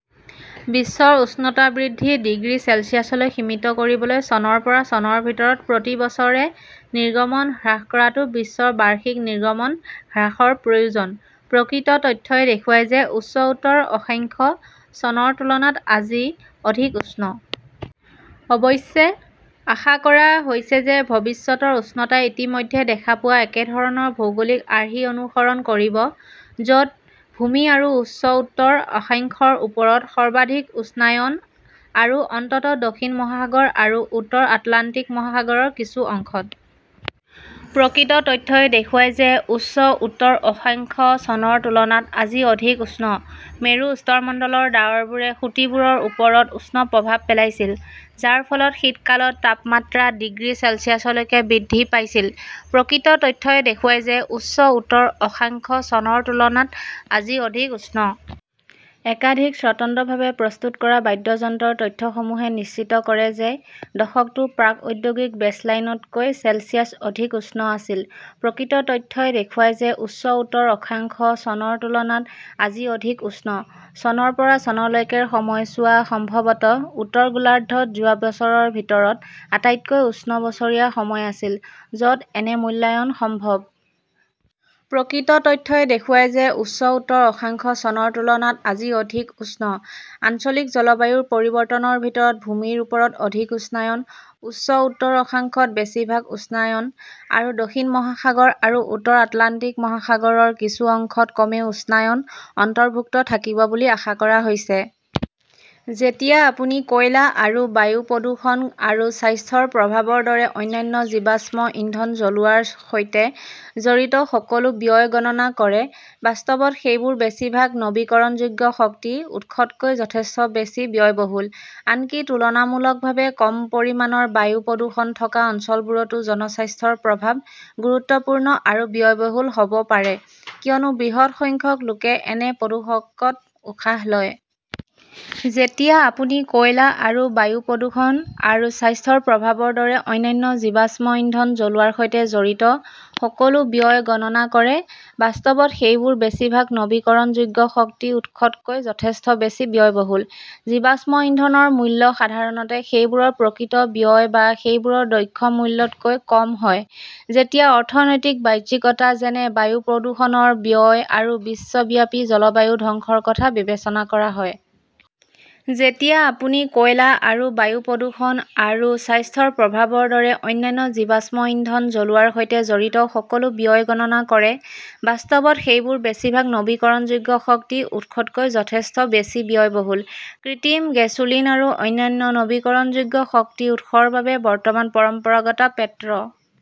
বিশ্বৰ উষ্ণতা বৃদ্ধি ডিগ্ৰী চেলছিয়াছলৈ সীমিত কৰিবলৈ, চনৰ পৰা চনৰ ভিতৰত প্ৰতি বছৰে নিৰ্গমন হ্ৰাস কৰাটো বিশ্বৰ বাৰ্ষিক নিৰ্গমন হ্ৰাসৰ প্ৰয়োজন। প্ৰকৃত তথ্যই দেখুৱায় যে উচ্চ উত্তৰ অক্ষাংশ চনৰ তুলনাত আজি অধিক উষ্ণ। অৱশ্যে, আশা কৰা হৈছে যে ভৱিষ্যতৰ উষ্ণতাই ইতিমধ্যে দেখা পোৱা একেধৰণৰ ভৌগোলিক আৰ্হি অনুসৰণ কৰিব, য "ত ভূমি আৰু উচ্চ উত্তৰ অক্ষাংশৰ ওপৰত সৰ্বাধিক উষ্ণায়ন, আৰু অন্ততঃ দক্ষিণ মহাসাগৰ আৰু উত্তৰ আটলাণ্টিক মহাসাগৰৰ কিছু অংশত। প্ৰকৃত তথ্যই দেখুৱায় যে উচ্চ উত্তৰ অক্ষাংশ চনৰ তুলনাত আজি অধিক উষ্ণ। মেৰু স্তৰমণ্ডলৰ ডাৱৰবোৰে খুঁটিবোৰৰ ওপৰত উষ্ণ প্ৰভাৱ পেলাইছিল, যাৰ ফলত শীতকালত তাপমাত্ৰা ডিগ্ৰী চেলছিয়াছলৈকে বৃদ্ধি পাইছিল। প্ৰকৃত তথ্যই দেখুৱায় যে উচ্চ উত্তৰ অক্ষাংশ চনৰ তুলনাত আজি অধিক উষ্ণ। একাধিক স্বতন্ত্ৰভাৱে প্ৰস্তুত কৰা বাদ্যযন্ত্ৰৰ তথ্যসমুহে নিশ্চিত কৰে যে দশকটো প্ৰাক-ঔদ্যোগিক বেচলাইন তকৈ চেলছিয়াছ অধিক উষ্ণ আছিল। প্ৰকৃত তথ্যই দেখুৱায় যে উচ্চ উত্তৰ অক্ষাংশ চনৰ তুলনাত আজি অধিক উষ্ণ। চনৰ পৰা চনলৈকেৰ সময়ছোৱা সম্ভৱতঃ উত্তৰ গোলাৰ্ধত যোৱা বছৰৰ ভিতৰত আটাইতকৈ উষ্ণ বছৰীয়া সময় আছিল, য 'ত এনে মূল্যায়ন সম্ভৱ। প্ৰকৃত তথ্যই দেখুৱায় যে উচ্চ উত্তৰ অক্ষাংশ চনৰ তুলনাত আজি অধিক উষ্ণ। আঞ্চলিক জলবায়ুৰ পৰিৱৰ্তনৰ ভিতৰত ভূমিৰ ওপৰত অধিক উষ্ণায়ন, উচ্চ উত্তৰ অক্ষাংশত বেছিভাগ উষ্ণায়ন, আৰু দক্ষিণ মহাসাগৰ আৰু উত্তৰ আটলাণ্টিক মহাসাগৰৰ কিছু অংশত কমেও উষ্ণায়ন অন্তৰ্ভুক্ত থাকিব বুলি আশা কৰা হৈছে। যেতিয়া আপুনি কয়লা আৰু বায়ু প্ৰদূষণ আৰু স্বাস্থ্যৰ প্ৰভাৱৰ দৰে অন্যান্য জীৱাশ্ম ইন্ধন জ্বলোৱাৰ সৈতে জড়িত সকলো ব্যয় গণনা কৰে, বাস্তৱত সেইবোৰ বেছিভাগ নৱীকৰণযোগ্য শক্তি উৎসতকৈ যথেষ্ট বেছি ব্যয়বহুল। আনকি তুলনামূলকভাৱে কম পৰিমাণৰ বায়ু প্ৰদূষণ থকা অঞ্চলবোৰতো জনস্বাস্থ্যৰ প্ৰভাৱ গুৰুত্বপূৰ্ণ আৰু ব্যয়বহুল হ "ব পাৰে, কিয়নো বৃহৎ সংখ্যক লোকে এনে প্ৰদূষকত উশাহ লয়। যেতিয়া আপুনি কয়লা আৰু বায়ু প্ৰদূষণ আৰু স্বাস্থ্যৰ প্ৰভাৱৰ দৰে অন্যান্য জীৱাশ্ম ইন্ধন জ্বলোৱাৰ সৈতে জড়িত সকলো ব্যয় গণনা কৰে, বাস্তৱত সেইবোৰ বেছিভাগ নৱীকৰণযোগ্য শক্তি উৎসতকৈ যথেষ্ট বেছি ব্যয়বহুল। জীৱাশ্ম ইন্ধনৰ মূল্য সাধাৰণতে সেইবোৰৰ প্ৰকৃত ব্যয় বা সেইবোৰৰ "দক্ষ মূল্য" তকৈ কম হয়, যেতিয়া অৰ্থনৈতিক বাহ্যিকতা, যেনে বায়ু প্ৰদূষণৰ ব্যয় আৰু বিশ্বব্যাপী জলবায়ু ধ্বংসৰ কথা বিবেচনা কৰা হয়। যেতিয়া আপুনি কয়লা আৰু বায়ু প্ৰদূষণ আৰু স্বাস্থ্যৰ প্ৰভাৱৰ দৰে অন্যান্য জীৱাশ্ম ইন্ধন জ্বলোৱাৰ সৈতে জড়িত সকলো ব্যয় গণনা কৰে, বাস্তৱত সেইবোৰ বেছিভাগ নৱীকৰণযোগ্য শক্তি উৎসতকৈ যথেষ্ট বেছি ব্যয়বহুল। কৃত্ৰিম গেছোলিন আৰু অন্যান্য নৱীকৰণযোগ্য শক্তি উৎসৰ বাবে বৰ্তমান পৰম্পৰাগত পেট্ৰ